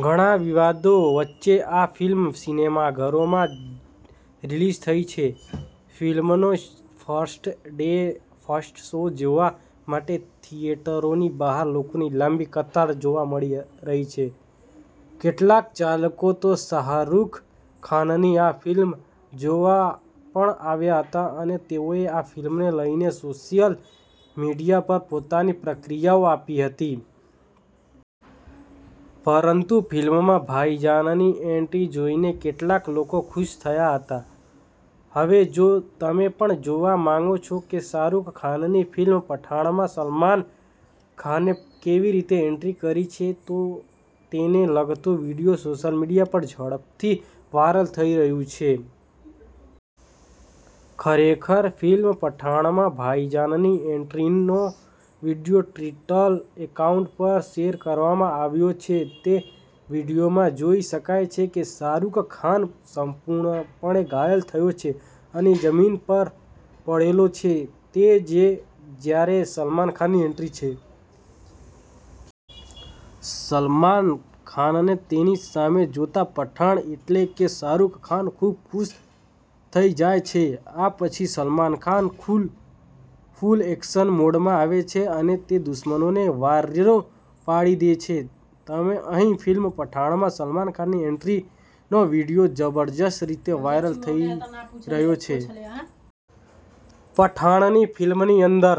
ઘણા વિવાદો વચ્ચે આ ફિલ્મ સિનેમાઘરોમાં રિલીઝ થઈ છે. ફિલ્મનો ફર્સ્ટ ડે ફર્સ્ટ શો જોવા માટે થિયેટરોની બહાર લોકોની લાંબી કતાર જોવા મળી રહી છે. કેટલાક ચાહકો તો શાહરૂખ ખાનની આ ફિલ્મ જોવા પણ આવ્યા હતા અને તેઓએ આ ફિલ્મને લઈને સોશિયલ મીડિયા પર પોતાની પ્રક્રિયાઓ આપી હતી. પરંતુ ફિલ્મમાં ભાઈજાનની એન્ટ્રી જોઈને કેટલાક લોકો ખુશ થયા હતા. હવે જો તમે પણ જોવા માંગો છો કે શાહરૂખ ખાનની ફિલ્મ પઠાણમાં સલમાન ખાને કેવી રીતે એન્ટ્રી કરી છે, તો તેને લગતો વીડિયો સોશિયલ મીડિયા પર ઝડપથી વાયરલ થઈ રહ્યો છે. ખરેખર, ફિલ્મ પઠાણમાં ભાઇજનની એન્ટ્રીનો વિડિઓ ટ્વિટર એકાઉન્ટ પર શેર કરવામાં આવ્યો છે. તે વિડિઓમાં જોઇ શકાય છે કે શાહરૂખ ખાન સંપૂર્ણપણે ઘાયલ થયો છે અને જમીન પર પડેલો છે. તે જે જ્યારે સલમાન ખાનની એન્ટ્રી છે. સલમાન ખાનને તેની સામે જોતા, પઠાણ એટલે કે શાહરૂખ ખાન ખૂબ ખુશ થઈ જાય છે. આ પછી ,Salman Khan full full action મોડમાં આવે છે અને તે દુશ્મનોને વારો પાડી દે છે. તમે અહીં ફિલ્મ પઠાણમાં સલમાન ખાનની એન્ટ્રીનો વિડીયો જબરજસ્ત રીતે વાયરલ થઇ રહ્યો છે. પઠાણની ફિલ્મની અંદર,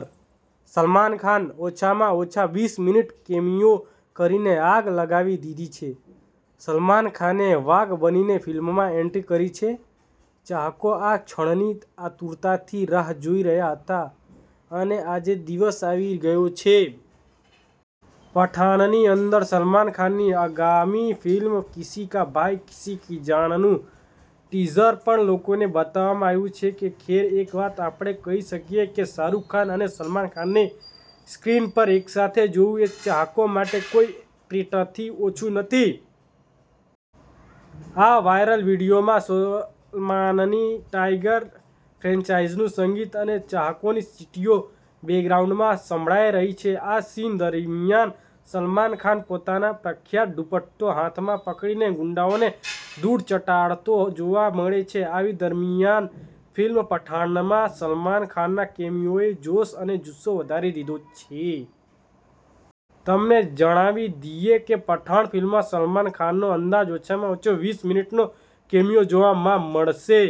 સલમાન ખાન ઓછામાં ઓછા વીસ મિનિટ કેમિયો કરીને આગ લગાવી દીધી છે. સલમાન ખાને વાઘ બનીને ફિલ્મમાં એન્ટ્રી કરી છે. ચાહકો આ ક્ષણની આતુરતાથી રાહ જોઈ રહ્યા હતા અને આજે દિવસ આવી ગયો છે. પઠાણની અંદર સલમાન ખાનની આગામી ફિલ્મ કિસી કા ભાઈ કિસી કી જાનનું ટીઝર પણ લોકોને બતાવવામાં આવ્યું છે. કે ખેર, એક વાત આપણે કહી શકીએ કે શાહરૂખ ખાન અને સલમાન ખાનને સ્ક્રીન પર એકસાથે જોવું એ ચાહકો માટે કોઈ ટ્રીટથી ઓછું નથી. આ વાયરલ વિડીયોમાં સલમાનની ટાઈગર ફ્રેન્ચાઈઝીનું સંગીત અને ચાહકોની સીટીઓ બેકગ્રાઉન્ડમાં સંભળાય રહી છે. આ સીન દરમિયાન સલમાન ખાન પોતાના પ્રખ્યાત દુપટ્ટો હાથમાં પકડીને ગુંડાઓને ધૂળ ચટાડતો જોવા મળે છે. આવી દરમિયાન ફિલ્મ પઠાનમાં સલમાન ખાનના કેમિયોએ જોશ અને જુસ્સો વધારી દીધો છે. તમને જણાવી દીઈએ કે પઠાન ફિલ્મમાં સલમાન ખાનનો અંદાજ ઓછામાં ઓછો વીસ મિનિટનો કેમિયો જોવા માં મળશે.